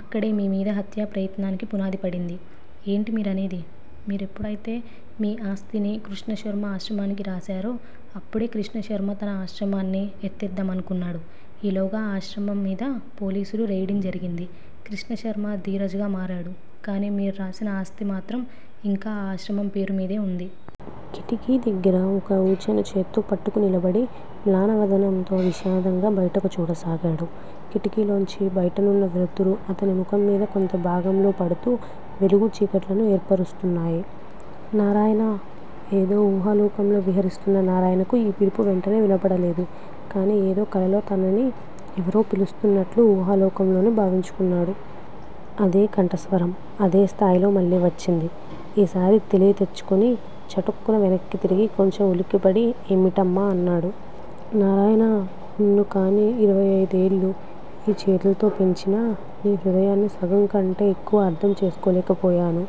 అక్కడే మీ మీద హత్యా ప్రయత్నానికి పునాది పడింది. ఏంటి మీరనేది? మీరెప్పుడైతే మీ ఆస్తిని కృష్ణశర్మ ఆశ్రమానికి రాసారో అప్పడే కృష్ణశర్మ తన ఆశ్రమాన్ని ఎత్తేద్దామనుకున్నాడు. ఈలోగా ఆ ఆశ్రమం మీద పోలీసులు రెయిడింగ్ జరిగింది. కృష్ణశర్మ ధీరజ్ గా మారాడు. కానీ మీర్రాసిన ఆస్తి మాత్రం ఇంకా ఆ ఆశ్రమం పేరు మీదే వుంది. కిటికీ దగ్గర ఒక వూచను చేత్తో పట్టుకు నిలబడి మ్లానవదనంతో విషాదంగా, బయటకు చూడసాగాడు, కిటికీలోంచి బయటనున్న వెలుతురు అతని ముఖంమీద కొంతభాగంలో పడుతూ వెలుగు చీకట్లను ఏర్పరుస్తున్నాయి. నారాయణా! ఏదో ఊహాలోకంలో విహరిస్తున్న నారాయణకు ఈ పిలుపు వెంటనే వినబడలేదు. కాని ఏదో కలలో తనని ఎవరో పిలుస్తున్నట్లు ఊహాలోకంలోనే భావించుకున్నాడు. అదే కంఠస్వరం అదేస్థాయిలో మళ్ళీ వచ్చింది. ఈసారి తెలివి తెచ్చుకుని చటుక్కున వెనక్కి తిరిగి కొంచెం ఉలిక్కిపడి ఏమిటమ్మా? అన్నాడు. నారాయణా! నిన్ను కాని యిరవైయైదేళ్ళు ఈ చేతుల్తో పెంచినా నీ హృదయాన్ని సగంకంటే యెక్కువ అర్థం చేసుకోలేకపోయాను.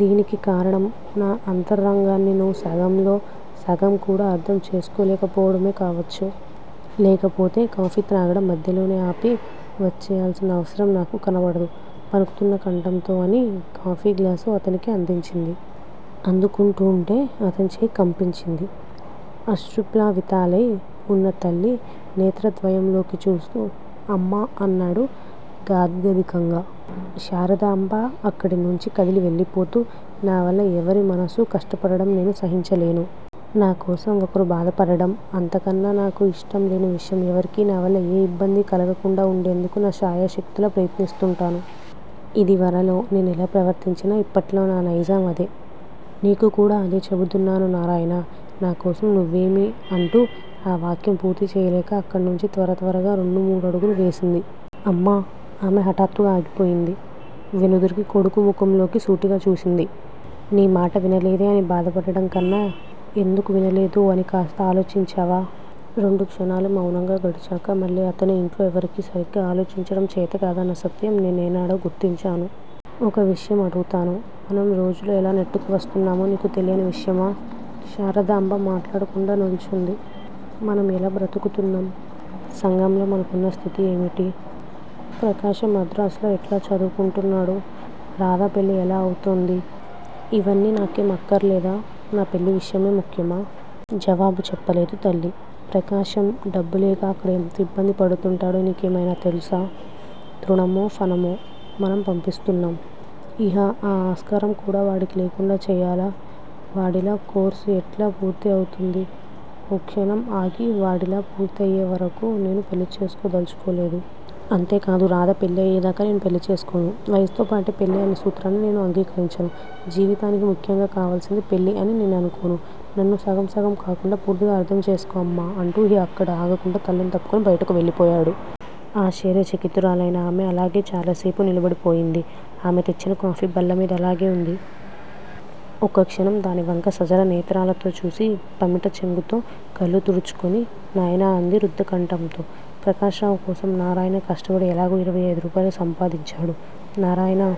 దీనికి కారణం నా అంతరంగాన్ని నువ్వు సగంలో సగంకూడా అర్థం చేసుకోలేకపోవడమే కావచ్చు. లేకపోతే కాఫీ త్రాగటం మధ్యలోనే ఆపి వచ్చేయల్సిన అవసరం నాకు కనబడదు వణుకుతున్న కంఠంతో అని కాఫీ గ్లాసు అతనికి అందించింది. అందుకుంటూంటే అతని చేయి కంపించింది. అశ్రుప్లావితాలై వున్న తల్లి నేత్రద్వయంలోకి చూస్తూ అమ్మా! అన్నాడు గాద్గదికంగా. శారదాంబ అక్కడినుంచి కదిలి వెళ్ళిపోతూ నావల్ల యెవరి మనస్సూ కష్టపడటం నేను సహించలేను. నా కోసం ఒకరు బాధపడటం అంతకన్నా నాకు ఇష్టంలేని విషయం ఎవరికీ నావల్ల ఏ యిబ్బందీ కలగకుండా వుండేందుకు నా శాయశక్తులా ప్రయత్నిస్తుంటాను. ఇదివరలో నేనెలా ప్రవర్తించినా ఇప్పట్లో నా నైజం అదే. నీకు కూడా అదే చెబుతున్నాను నారాయణా! నా కోసం నువ్వేమీ అంటూ ఆ వాక్యం పూర్తి చేయలేక అక్కడ్నుంచి త్వరత్వరగా రెండు మూడడుగులు వేసింది. అమ్మా! ఆమె హఠాత్తుగా ఆగిపోయింది. వెనుదిగిరి కొడుకు ముఖంలోకి సూటిగా చూసింది. నీ మాట వినలేదే అని బాధపడటం కన్నా, ఎందుకు వినలేదో అని కాస్త ఆలోచించావా? రెండు క్షణాలు మౌనంగా గడిచాక మళ్ళీ అతనే ఇంట్లో ఎవరికీ సరిగ్గా ఆలోచించటం చేతకాదన్న సత్యం నే నేనాడో గుర్తించాను. ఒక్క విషయం అడుగుతాను. మనం రోజులు ఎలా నెట్టుకు వస్తున్నామో నీకు తెలియని విషయమా! శారదాంబ మాట్లాడకుండా నిల్చుంది. మనం ఎలా బ్రతుకుతున్నాం? సంఘంలో మనకున్న స్థితి ఏమిటి? ప్రకాశం మద్రాసులో ఎట్లా చదువుకుంటున్నాడు? రాధ పెళ్ళి ఎలా ఔతుందీ. ఇవన్నీ నాకేం అక్కర్లేదా? నా పెళ్ళి విషయమే ముఖ్యమా? జవాబు చెప్పలేదు తల్లి. ప్రకాశం డబ్బులేక అక్కడ ఎంత ఇబ్బంది పడుతుంటాడో నీకేమైనా తెలుసా? తృణమో, ఫణమో మనం పంపిస్తున్నాం. ఇహ- ఆ ఆస్కారం కూడా వాడికి లేకుండా చేయలా? వాడి లా కోర్సు యెట్లా పూర్తి అవుతుంది? ఓ క్షణం ఆగి వాడి లా పూర్తయేవరకూ నేను పెళ్ళిచేసుకోదలచుకోలేదు. అంతేకాదు; రాధ పెళ్ళి అయేదాకా నేను పెళ్ళి చేసుకోను. వయస్సుతోపాటే పెళ్ళి అన్న సూత్రాన్ని నేను అంగీకరించను. జీవితానికి ముఖ్యంగా కావలసింది పెళ్ళి అని నేననుకోను, నన్ను సగం సగం కాకుండా పూర్తిగా అర్థం చేసుకో అమ్మా! అంటూ ఇహ అక్కడ ఆగకుండా తల్లిని తప్పుకుని బయటకు వెళ్ళిపోయాడు. ఆశ్చర్య చకితురాలయిన ఆమె అలాగే చాలా సేపు నిలబడిపోయింది. ఆమె తెచ్చిన కాఫీ బల్లమీద అలాగే వుంది. ఒక్కక్షణం దాని వంక సజల నేత్రాలతో చూసి, పమిట చెంగుతో కళ్ళు తుడుచుకొని నాయనా అంది రుద్దకంఠంతో. ప్రకాశరావు కోసం నారాయణ కష్టపడి ఎలాగో ఇరవై అయిదు రూపాయలు సంపాదించాడు. నారాయణ